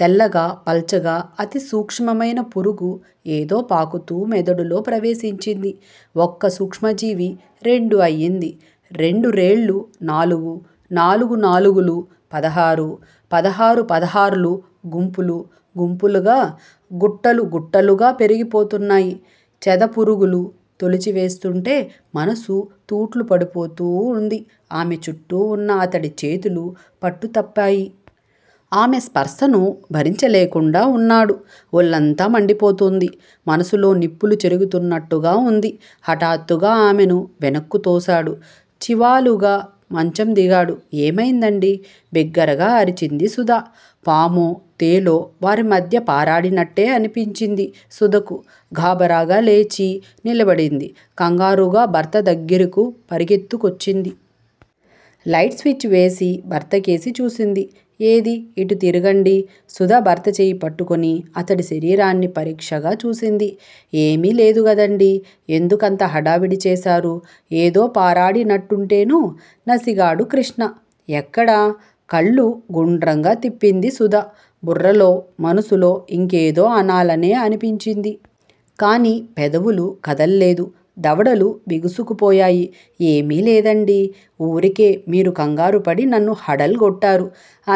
తెల్లగా, పల్చగా, అతిసూక్ష్మమైన పురుగు ఏదో పాకుతూ మెదడులో ప్రవేశించింది. ఒక్క సూక్ష్మజీవి రెండు అయ్యింది. రెండురెళ్ళు నాలుగు, నాలుగు నాలుగులు పదహారు. పదహారు పదహార్లు గుంపులు గుంపులుగా, గుట్టలు గుట్టలుగా పెరిగిపోతున్నాయి. చెదపురుగులు, తొలిచివేస్తూంటే మనసు తూట్లుపడిపోతూ ఉంది. ఆమెచుట్టు ఉన్న అతడి చేతులు పట్టుతప్పాయి. ఆమె స్పర్శను భరించలేకుండా ఉన్నాడు. ఒళ్ళంతా మండిపోతుంది. మనసులో నిప్పులు చెరుగుతున్నట్టుగా వుంది. హఠాత్తుగా ఆమెను వెనక్కు తోశాడు. చివాలున మంచం దిగాడు. ఏమైందండీ? బిగ్గరగా అరిచింది సుధ. పామో, తేలో వారిమధ్య పారాడినట్టే అనిపించింది సుధకు. గాభరాగా లేచి నిలబడింది. కంగారుగ భర్త దగ్గిరకు పరిగెత్తుకొచ్చింది. లైట్ స్విచ్ వేసి భర్తకేసి చూసింది. ఏదీ! ఇటు తిరగండీ! సుధ భర్తచెయ్యి పట్టుకొని అతడి శరీరాన్ని పరీక్షగ చూసింది. ఏమీ లేదుగదండీ? ఎందుకంత హడావిడి చేశారూ? ఏదో పారాడినట్టుంటేనూ నసిగాడు కృష్ణ. ఎక్కడా? కళ్ళు గుండ్రంగా తిప్పింది సుధ. బుర్రలో, మనసులో ఇంకేదో అనాలనే అనిపించింది. కాని పెదవులు కదల్లేదు. దవడలు బిగుసుకుపోయాయి. ఏమీ లేదండి. ఊరికే మీరు కంగారుపడి నన్ను హడల్ గొట్టారు.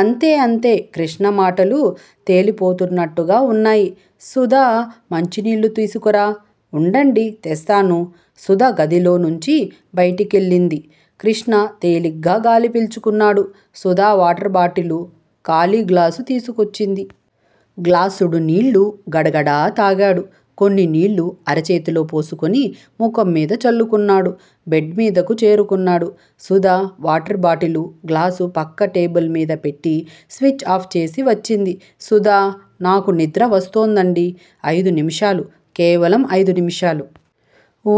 అంతే! అంతే! కృష్ణ మాటలు తేలిపోతున్నట్టుగా వున్నాయి. సుధా! మంచినీళ్ళు తీసుకురా. ఉండండి! తెస్తాను! సుధ గదిలో నుంచి బయటికెళ్ళింది. కృష్ణ తేలిగ్గా గాలిపీల్చుకున్నాడు. సుధ వాటర్ బాటిలూ, ఖాళీగ్లాసూ తీసుకొచ్చింది. గ్లాసుడు నీళ్ళు గడగడ తాగాడు. కొన్ని నీళ్ళు అరచేతిలో పోసుకొని ముఖంమీద చల్లుకున్నాడు. బెడ్ మీదకు చేరుకున్నాడు. సుధ వాటర్ బాటిలూ, గ్లాసూ పక్క టేబుల్ మీద పెట్టి స్విచ్ ఆఫ్ చేసి వచ్చింది. సుధా! నాకు నిద్ర వస్తోందండీ! ఐదు నిమిషాలు. కేవలం ఐదు నిమిషాలు. ఊ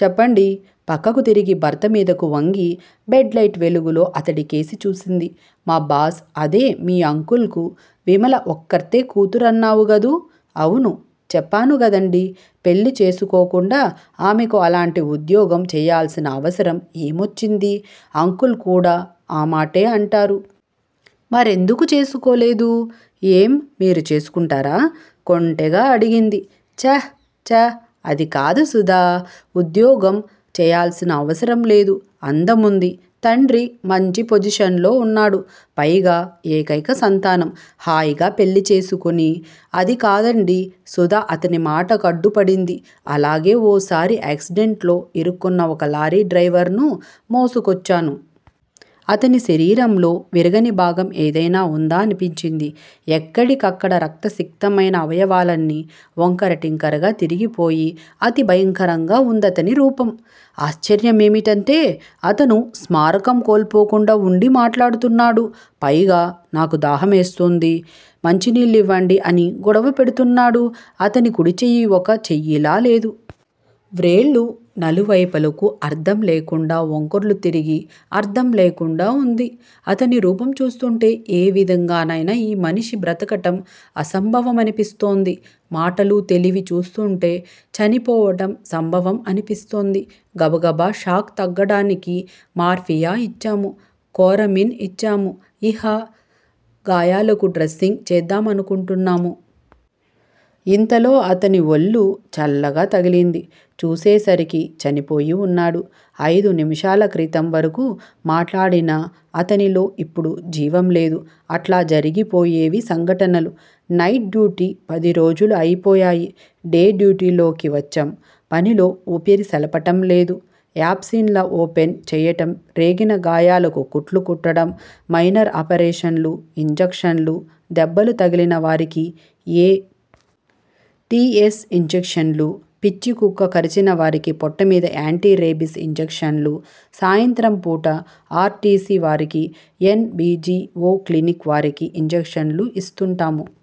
చెప్పండి పక్కకు తిరిగి భర్త మీదకు వంగి, బెడ్ లైట్ వెలుగులో అతడికేసి చూసింది. మా బాస్ అదే మీ అంకుల్ కు విమల ఒక్కర్తె కూతురన్నావు గదూ? అవును. చెప్పానుగదండీ! పెళ్ళి చేసుకోకుండా ఆమెకు అలాంటి ఉద్యోగం చెయ్యాల్సిన అవసరం ఏమొచ్చిందీ? అంకుల్ కూడా ఆమాటే అంటారు. మరెందుకు చేసుకోలేదూ? ఏం? మీరు చేసుకుంటారా? కొంటెగా అడిగింది. ఛ! ఛ! అదికాదు సుధా. ఉద్యోగం చెయ్యాల్సిన అవసరంలేదు. అందముంది. తండ్రి మంచి పొజిషన్ లో వున్నాడు. పైగా ఏకైక సంతానం. హాయిగా పెళ్ళిచేసికొని అదికాదండి సుధ అతని మాటకడ్డు పడింది. అలాగే ఓ సారి యాక్సిడెంట్ లో ఇరుక్కున్న ఒక లారీ డ్రైవర్ ను మోసుకొచ్చాను. అతని శరీరంలో విరగని భాగం ఏదయినా వుందా అనిపించింది. ఎక్కడికక్కడ రక్తసిక్తమైన అవయవాలన్నీ వొంకరటింకరగా తిరిగిపోయి, అతి భయంకరంగా వుందతని రూపం. ఆశ్చర్యమేమిటంటే అతను స్మారకం కోల్పోకుండా వుండి మాట్లాడుతున్నాడు. పైగా, నాకు దాహమేస్తోంది. మంచినీళ్ళివ్వండి అని గొడవ పెడుతున్నాడు. అతని కుడిచెయ్యి ఒక చెయ్యిలాలేదు. వ్రేళ్ళు నలువైపులకూ అర్ధం లేకుండా, వొంకర్లు తిరిగి అర్ధం లేకుండా వుంది. అతని రూపం చూస్తుంటే ఏవిధంగానైనా యీ మనిషి బ్రతకటం అసంభవమనిపిస్తోంది. మాటలు, తెలివి చూస్తుంటే చనిపోవటం సంభవం అనిపిస్తోంది. గబగబ షాక్ తగ్గటానికి మార్ఫియా ఇచ్చాము. కోరమిన్ ఇచ్చాము. ఇహ గాయాలకు డ్రెస్సింగ్ చేద్దామనుకుంటున్నాము. ఇంతలో అతని వళ్ళు చల్లగా తగిలింది. చూసేసరికి చనిపోయి వున్నాడు. అయిదు నిమిషాల క్రితం వరకూ మాట్లాడిన అతనిలో ఇప్పుడు జీవంలేదు. అట్లా జరిగిపోయేవి సంఘటనలు. నైట్ డ్యూటీ పదిరోజులూ అయిపోయాయి. డే డ్యూటీలోకి వచ్చాం. పనిలో ఊపిరి సలపటంలేదు. యాబ్సిన్ ల ఓపెన్ చెయ్యటం రేగిన గాయాలకు కుట్లు కుట్టడం, మైనర్ ఆపరేషన్లు, ఇంజక్షన్లు దెబ్బలు తగిలిన వారికి ఎ. టి. ఎస్. ఇంజక్షన్లు, పిచ్చికుక్క కరిచినవారికి పొట్టమీద యాంటీ రేబిస్ ఇంజక్షన్లు, సాయంత్రంపూట ఆర్. టి. సి. వారికీ, N. B. G. O clinic వారికి ఇంజక్షన్లూ ఇస్తుంటాము.